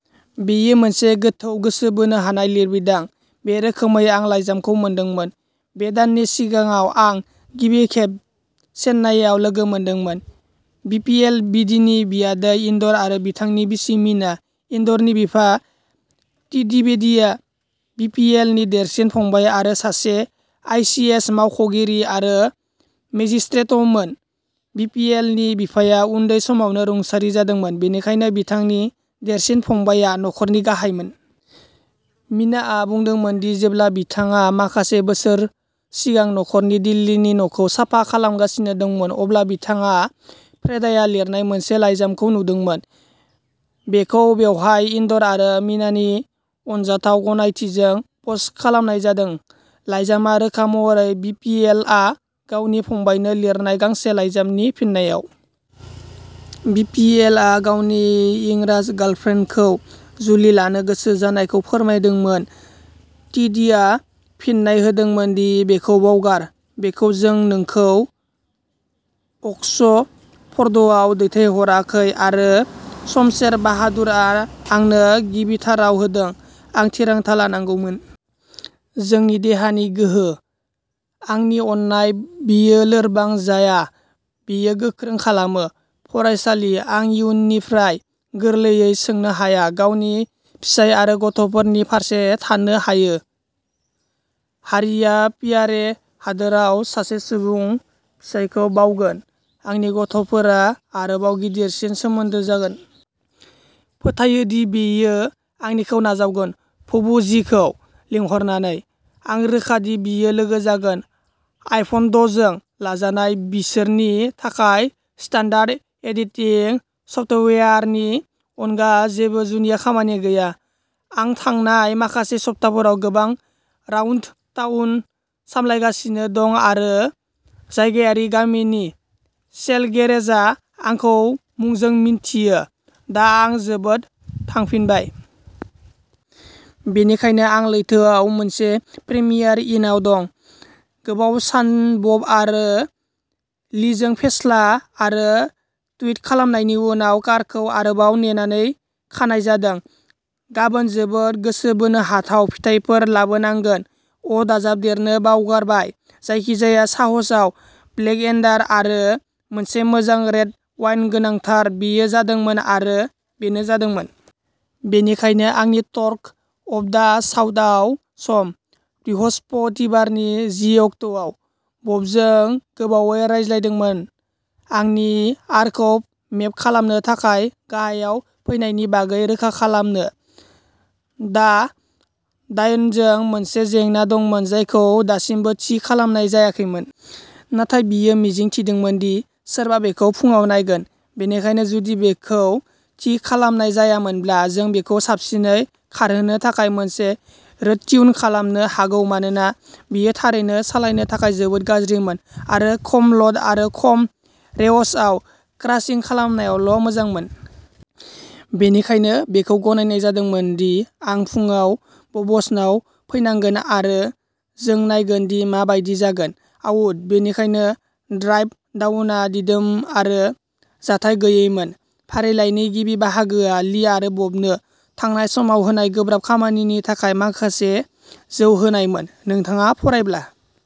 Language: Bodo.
बेयो मोनसे गोथौ गोसो बोनो हानाय लिरबिदां बे रोखोमै आं लाइजामखौ मोनदोंमोन। बे दाननि सिगाङाव आं गिबि खेब चेन्नाईआव लोगो मोनदोंमोन। बि पि एल बेदीनि बियादै, इन्दर आरो बिथांनि बिसि मिना। इन्दरनि बिफा, टि डि बेदीआ बि पि एल नि देरसिन फंबाय आरो सासे आइ सि एस मावख'गिरि आरो मेजिस्ट्रेटमोन बि पि एल नि बिफाया उन्दै समावनो रुंसारि जादोंमोन, बेनिखायनो बिथांनि देरसिन फंबायआ नखरनि गाहायमोन। मिनाआ बुंदोंमोन दि जेब्ला बिथाङा माखासे बोसोर सिगां नखरनि दिल्लीनि न'खौ साफा खालामगासिनो दंमोन, अब्ला बिथाङा फ्रेदाया लिरनाय मोनसे लाइजामखौ नुदोंमोन। बेखौ बेवहाय इन्दर आरो मीनानि अनजाथाव गनायथिजों पस्ट खालामनाय जादों। लाइजामआ रोखा महरै बि पि एल आ गावनि फंबायनो लिरनाय गांसे लाइजामनि फिननायाव। बि पि एल आ गावनि इंराज गार्लफ्रेन्डखौ जुलि लानो गोसो जानायखौ फोरमायदोंमोन टि डि आ फिननाय होदोंमोन दि बेखौ बावगार, बेखौ जों नोंखौ अक्सफर्डआव दैथायहराखै आरो शमशेर बाहादुर आ आंनो गिबिथाराव होदों। आं थिरांथा लानांगौमोन। जोंनि देहानि गोहो। आंनि अननाय बेयो लोरबां जाया, बेयो गोख्रों खालामो। फरायसालि। आं इयुननिफ्राय गोरलैयै सोंनो हाया। गावनि फिसाय आरो गथ'फोरनि फारसे थानो हायो। हारिआ पियारे हादोराव सासे आबुं फिसायखौ बावगोन। आंनि गथ'फोरा आरोबाव गिदिरसिन सोमोन्दो जागोन। फोथायो दि बियो आंनिखौ नाजावगोन। भबु जीखौ लिंहरनानै। आं रोखा दि बियो लोगो जागोन। आइफन द' जों लाजानाय, बिसोरनि थाखाय स्टान्डार्ड एडिटिं सफ्टवेयारनि अनगा जेबो जुनिया खामानि गैया। आं थांनाय माखासे सप्ताफोराव गोबां राउन्ड टाउन सालायगासिनो दं आरो जायगायारि गामिनि सेल गेरेजआ आंखौ मुंजों मिन्थियो, दा आं जोबोद थांफिनबाय। बेनिखायनो आं लैथोआव मोनसे प्रिमियार इनआव दं, गोबाव सान बब आरो लीजों फेस्ला आरो टुइट खालामनायनि उनाव, कारखौ आरोबाव नेनानै खानाय जादों। गाबोन जोबोद गोसो बोनो हाथाव फिथायफोर लाबोनांगोन अ' दाजाबदेरनो बावगारबाय जायखिजाया साहसआव ब्लेकएडार आरो मोनसे मोजां रेड वाइन गोनांथार बेयो जादोंमोन आरो बेनो जादोंमोन। बेनिखायनो आंनि टर्क अफ दा साउथआव सम। बृहस्पतिबारनि जि अक्ट'आव बबजों गोबावै रायज्लायदोंमोन आंनि आरखौ मेप खालामनो थाखाय गाहायाव फैनायनि बागै रोखा खालामनो। दा डायन'जों मोनसे जेंना दंमोन जायखौ दासिमबो थि खालामनाय जायाखैमोन नाथाय बियो मिजिं थिदोंमोन दि सोरबा बेखौ फुंआव नायगोन, बेनिखायनो जुदि बेखौ थि खालामनाय जायामोनब्ला जों बिखौ साबसिनै खारहोनो थाखाय मोनसे रोड ट्यून खालामनो हागौ मानोना बेयो थारैनो सालायनो थाखाय जोबोद गाज्रिमोन आरो खम ल'ड आरो खम रेव्सआव क्रासिं खालामनायावल' मोजांमोन। बेनिखायनो बेखौ गनायनाय जादोंमोन दि आं फुंआव बब्सनाव फैनांगोन आरो जों नायगोन दि मा बायदि जागोन। आउट। बेनिखायनो ड्राइभ डाउनआ दिदोम आरो जाथाय गैयैमोन। फारिलाइनि गिबि बाहागोआ लि आरो बबनो थांनाय समाव होनाय गोब्राब खामानिनि थाखाय माखासे जौ होनायमोन। नोंथाङा फरायब्ला